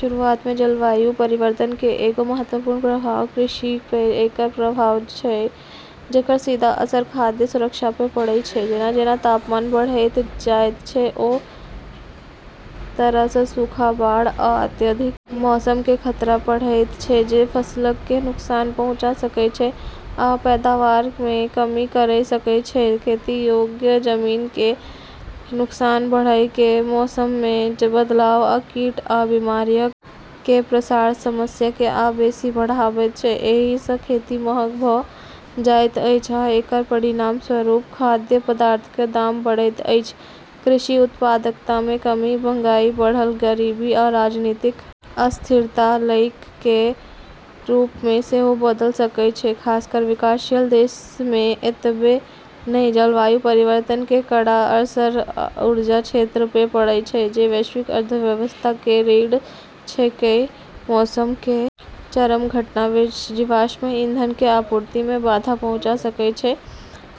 शुरूआत मे जलवायु परिवर्तन केरऽ एगो महत्वपूर्ण प्रभाव कृषि पे एकरऽ प्रभाव छै जेकरऽ सीधा असर खाद्य सुरक्षा पे पड़ै छै जेना-जेना तापमान बढ़एयत जायत छै, ओय तरह सं सूखा, बाढ़ आ अत्यधिक मौसम कें खतरा बढ़एयत छै जे फसलक कें नुकसान पहुंचा सकएय छै आ पैदावार मे कमी कयर सकएय छै, खेती योग्य जमीन कें नुकसान बढ़य कें मौसम मे बदलाव आ कीट आ बीमारियक कें प्रसार समस्या कें आ बेसि बढ़ाबैत छै, एहि स खेती महग भ जाइत अछि आ एकर परिणामस्वरूप खाद्य पदार्थ क दाम बढ़ैत अछि, कृषि उत्पादकता मे कमी महंगाई, बढ़ल गरीबी आ राजनीतिक अस्थिरता तइक कें रूप मे सेहो बदल सकय छै, खासकर विकासशील देशक मे एतबे नै जलवायु परिवर्तन केरऽ कड़ा असर ऊर्जा क्षेत्र पे पड़ै छै जे वैश्विक अर्थव्यवस्था केरऽ रीढ़ छेकै, मौसम केरऽ चरम घटना जीवाश्म ईंधन केरऽ आपूर्ति मे बाधा पहुँचा सकै छै,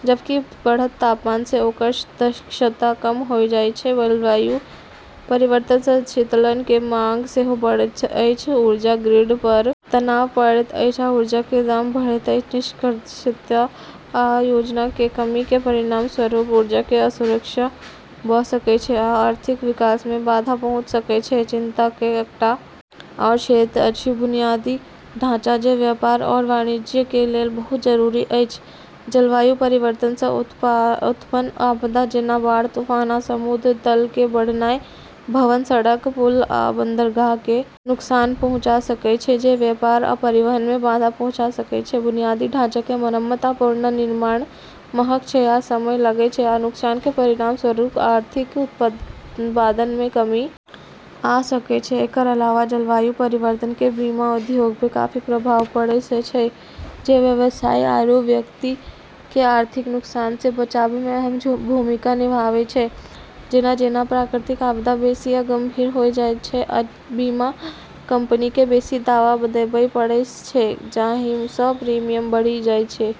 जबकि बढ़तऽ तापमान से ओकरऽ दक्षता कम होय जाय छै, जलवायु परिवर्तन सं शीतलन के मांग सेहो बढ़ैत अछि, ऊर्जा ग्रिड पर तनाव पड़ैत अछि आ ऊर्जा के दाम बढ़ैत अछि, निष्क्रियता आ योजना कें कमी कें परिणामस्वरूप ऊर्जा कें असुरक्षा भ सकय छै आ आर्थिक विकास मे बाधा पहुंच सकय छै, चिंता के एकटा आओर क्षेत्र अछि बुनियादी ढांचा जे व्यापार आओर वाणिज्य के लेल बहुत जरूरी अछि, जलवायु परिवर्तन सं उत्पन्न आपदा जेना बाढ़, तूफान आ समुद्र तल कें बढ़नाय भवन, सड़क, पुल आ बंदरगाह कें नुकसान पहुंचा सकएय छै जे व्यापार आ परिवहन मे बाधा पहुंचा सकएय छै, बुनियादी ढाँचा कें मरम्मत आ पुनर्निर्माण महग छै आ समय लगै छै आ नुकसान कें परिणामस्वरूप आर्थिक उत्पादन मे कमी आ सकय छै, एकरऽ अलावा जलवायु परिवर्तन केरऽ बीमा उद्योग पे काफी प्रभाव पड़ै छै जे व्यवसाय आरू व्यक्ति के आर्थिक नुकसान से बचाबै मे अहम भूमिका निभाबै छै जेना-जेना प्राकृतिक आपदा बेसी आ गंभीर होइत जाइत अछि, बीमा कंपनी कें बेसी दावा देबय पड़ैत छैक जाहि सं प्रीमियम बढ़ि जाइत छैक।